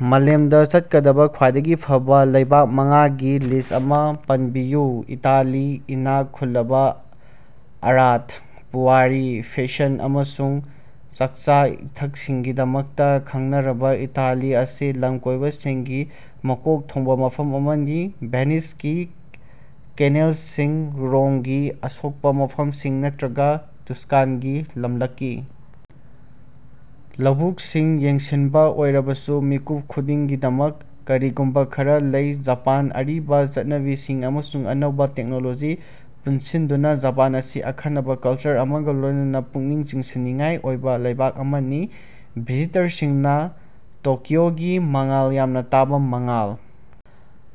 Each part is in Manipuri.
ꯃꯥꯂꯦꯝꯗ ꯆꯠꯀꯗꯕ ꯈ꯭ꯋꯥꯏꯗꯒꯤ ꯐꯕ ꯂꯩꯕꯥꯛ ꯃꯉꯥꯒꯤ ꯂꯤꯁ꯭ꯠ ꯑꯃ ꯄꯟꯕꯤꯌꯨ꯫ ꯏꯇꯥꯂꯤ ꯏꯅꯥꯛ ꯈꯨꯜꯂꯕ ꯑꯥꯔꯠ, ꯄꯨꯋꯥꯔꯤ, ꯐꯦꯁꯟ, ꯑꯃꯁꯨꯡ ꯆꯥꯛꯆꯥ-ꯏꯊꯛꯁꯤꯡꯒꯤꯗꯃꯛꯇ ꯈꯪꯅꯔꯕ ꯏꯇꯥꯂꯤ ꯑꯁꯤ ꯂꯝꯀꯣꯏꯕꯁꯤꯡꯒꯤ ꯃꯀꯣꯛ ꯊꯣꯡꯕ ꯃꯐꯝ ꯑꯃꯅꯤ꯫ ꯚꯦꯅꯤꯁꯀꯤ ꯀꯦꯅꯦꯜꯁꯤꯡ, ꯔꯣꯝꯒꯤ ꯑꯁꯣꯛꯄ ꯃꯐꯝꯁꯤꯡ, ꯅꯠꯇ꯭ꯔꯒ ꯇꯨꯁꯀꯥꯟꯒꯤ ꯂꯝꯂꯛꯀꯤ ꯂꯧꯕꯨꯛꯁꯤꯡ ꯌꯦꯡꯁꯤꯟꯕ ꯑꯣꯏꯔꯕꯁꯨ, ꯃꯤꯄꯨꯝ ꯈꯨꯗꯤꯡꯀꯤꯗꯃꯛ ꯀꯔꯤꯒꯨꯝꯕ ꯈꯔꯥ ꯂꯩ꯫ ꯖꯄꯥꯟ ꯑꯔꯤꯕ ꯆꯠꯅꯕꯤꯁꯤꯡ ꯑꯃꯁꯨꯡ ꯑꯅꯧꯕ ꯇꯦꯛꯅꯣꯂꯣꯖꯤ ꯄꯨꯅꯁꯤꯟꯅꯗꯨꯅ ꯖꯄꯥꯟ ꯑꯁꯤ ꯑꯈꯟꯅꯕ ꯀꯜꯆꯔ ꯑꯃꯒ ꯂꯣꯏꯅꯅ ꯄꯨꯛꯅꯤꯡ ꯆꯤꯡꯁꯤꯟꯅꯤꯡꯉꯥꯏ ꯑꯣꯏꯕ ꯂꯩꯕꯥꯛ ꯑꯃꯅꯤ꯫ ꯚꯤꯖꯤꯇꯔꯁꯤꯡꯅ ꯇꯣꯀꯤꯑꯣꯒꯤ ꯃꯉꯥꯜ ꯌꯥꯝꯅ ꯇꯥꯕ ꯃꯉꯥꯜ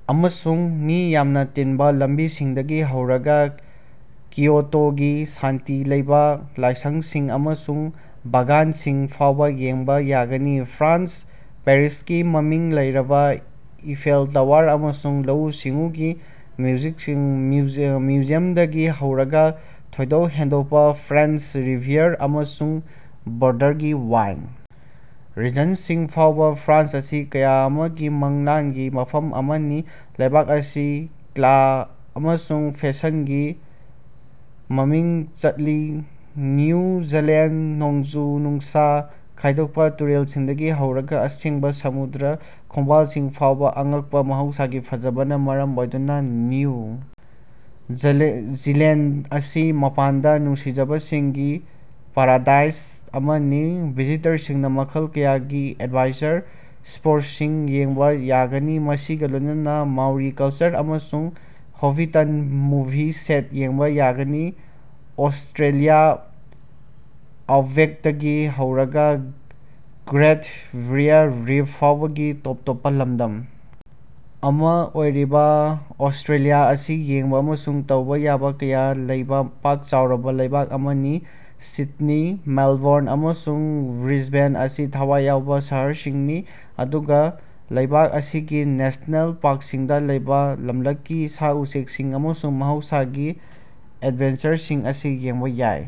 ꯑꯃꯁꯨꯡ ꯃꯤ ꯌꯥꯝꯅ ꯇꯤꯟꯕ ꯂꯝꯕꯤꯁꯤꯡꯗꯒꯤ ꯍꯧꯔꯒ ꯀꯤꯌꯣꯇꯣꯒꯤ ꯁꯥꯟꯇꯤ ꯂꯩꯕ ꯂꯥꯏꯁꯪꯁꯤꯡ ꯑꯃꯁꯨꯡ ꯕꯥꯒꯥꯟꯁꯤꯡ ꯐꯥꯎꯕ ꯌꯦꯡꯕ ꯌꯥꯒꯅꯤ꯫ ꯐ꯭ꯔꯥꯟꯁ – ꯄꯦꯔꯤꯁꯀꯤ ꯃꯃꯤꯡ ꯂꯩꯔꯕ ꯏꯐꯦꯜ ꯇꯋꯥꯔ ꯑꯃꯁꯨꯡ ꯂꯧꯎ-ꯁꯤꯡꯎꯒꯤ ꯃ꯭ꯌꯨꯖꯤꯌꯝꯗꯒꯤ ꯍꯧꯔꯒ ꯊꯣꯏꯗꯣꯛ ꯍꯦꯟꯗꯣꯛꯄ ꯐ꯭ꯔꯦꯟꯆ ꯔꯤꯚꯤꯌꯥꯔꯥ ꯑꯃꯁꯨꯡ ꯕꯣꯔꯗꯔꯒꯤ ꯋꯥꯏꯟ ꯔꯤꯖꯟꯁꯤꯡ ꯐꯥꯎꯕ, ꯐ꯭ꯔꯥꯟꯁ ꯑꯁꯤ ꯀꯌꯥ ꯑꯃꯒꯤ ꯃꯪꯂꯥꯟꯒꯤ ꯃꯐꯝ ꯑꯃꯅꯤ꯫ ꯂꯩꯕꯥꯛ ꯑꯁꯤ ꯀꯂꯥ ꯑꯃꯁꯨꯡ ꯐꯦꯁꯟꯒꯤ ꯃꯃꯤꯡ ꯆꯠꯂꯤ꯫ ꯅ꯭ꯌꯨ ꯖꯤꯂꯦꯟꯗ – ꯅꯣꯡꯖꯨ-ꯅꯨꯡꯁꯥ ꯈꯥꯏꯗꯣꯛꯄ ꯇꯨꯔꯦꯜꯁꯤꯡꯗꯒꯤ ꯍꯧꯔꯒ ꯑꯁꯦꯡꯕ ꯁꯃꯨꯗ꯭ꯔ ꯈꯣꯡꯕꯥꯜꯁꯤꯡ ꯐꯥꯎꯕ ꯑꯉꯛꯄ ꯃꯍꯧꯁꯥꯒꯤ ꯐꯖꯕꯅ ꯃꯔꯝ ꯑꯣꯏꯗꯨꯅ ꯅ꯭ꯌꯨ ꯖꯤꯂꯦꯟꯗ ꯑꯁꯤ ꯃꯄꯥꯟꯗ ꯅꯨꯡꯁꯤꯖꯕꯁꯤꯡꯒꯤ ꯄꯥꯔꯥꯗꯥꯏꯁ ꯑꯃꯅꯤ꯫ ꯚꯤꯖꯤꯇꯔꯁꯤꯡꯅ ꯃꯈꯜ ꯀꯌꯥꯒꯤ ꯑꯦꯗꯚꯦꯟꯆꯔ ꯁ꯭ꯄꯣꯔꯠꯁꯁꯤꯡ ꯌꯦꯡꯕ ꯌꯥꯒꯅꯤ, ꯃꯁꯤꯒ ꯂꯣꯏꯅꯅ ꯃꯥꯎꯔꯤ ꯀꯜꯆꯔ ꯑꯃꯁꯨꯡ ꯍꯣꯕꯤꯇꯟ ꯃꯨꯚꯤ ꯁꯦꯠ ꯌꯦꯡꯕ ꯌꯥꯒꯅꯤ꯫ ꯑꯣꯁꯇ꯭ꯔꯦꯂꯤꯌꯥ ꯑꯥꯎꯠꯕꯦꯛꯇꯒꯤ ꯍꯧꯔꯒ ꯒ꯭ꯔꯦꯠ ꯕꯦꯔꯤꯌꯥꯔ ꯔꯤꯐ ꯐꯥꯎꯕꯒꯤ ꯇꯣꯞ ꯇꯣꯞꯄ ꯂꯝꯗꯝ ꯑꯃ ꯑꯣꯏꯔꯤꯕ ꯑꯣꯁꯇ꯭ꯔꯦꯂꯤꯌꯥ ꯑꯁꯤ ꯌꯦꯡꯕ ꯑꯃꯁꯨꯡ ꯇꯧꯕ ꯌꯥꯕ ꯀꯌꯥ ꯂꯩꯕ ꯄꯥꯛ ꯆꯥꯎꯔꯕ ꯂꯩꯕꯥꯛ ꯑꯃꯅꯤ꯫ ꯁꯤꯗꯅꯤ, ꯃꯦꯜꯕꯣꯔꯟ, ꯑꯃꯁꯨꯡ ꯕ꯭ꯔꯤꯁꯕꯦꯟ ꯑꯁꯤ ꯊꯋꯥꯏ ꯌꯥꯎꯕ ꯁꯍꯔꯁꯤꯡꯅꯤ, ꯑꯗꯨꯒ ꯂꯩꯕꯥꯛ ꯑꯁꯤꯒꯤ ꯅꯦꯁꯅꯦꯜ ꯄꯥꯔꯛꯁꯤꯡꯗ ꯂꯩꯕ ꯂꯝꯂꯛꯀꯤ ꯁꯥ-ꯎꯆꯦꯛꯁꯤꯡ ꯑꯃꯁꯨꯡ ꯃꯍꯧꯁꯥꯒꯤ ꯑꯦꯗꯚꯦꯟꯆꯔꯁꯤꯡ ꯑꯁꯤ ꯌꯦꯡꯕ ꯌꯥꯏ꯫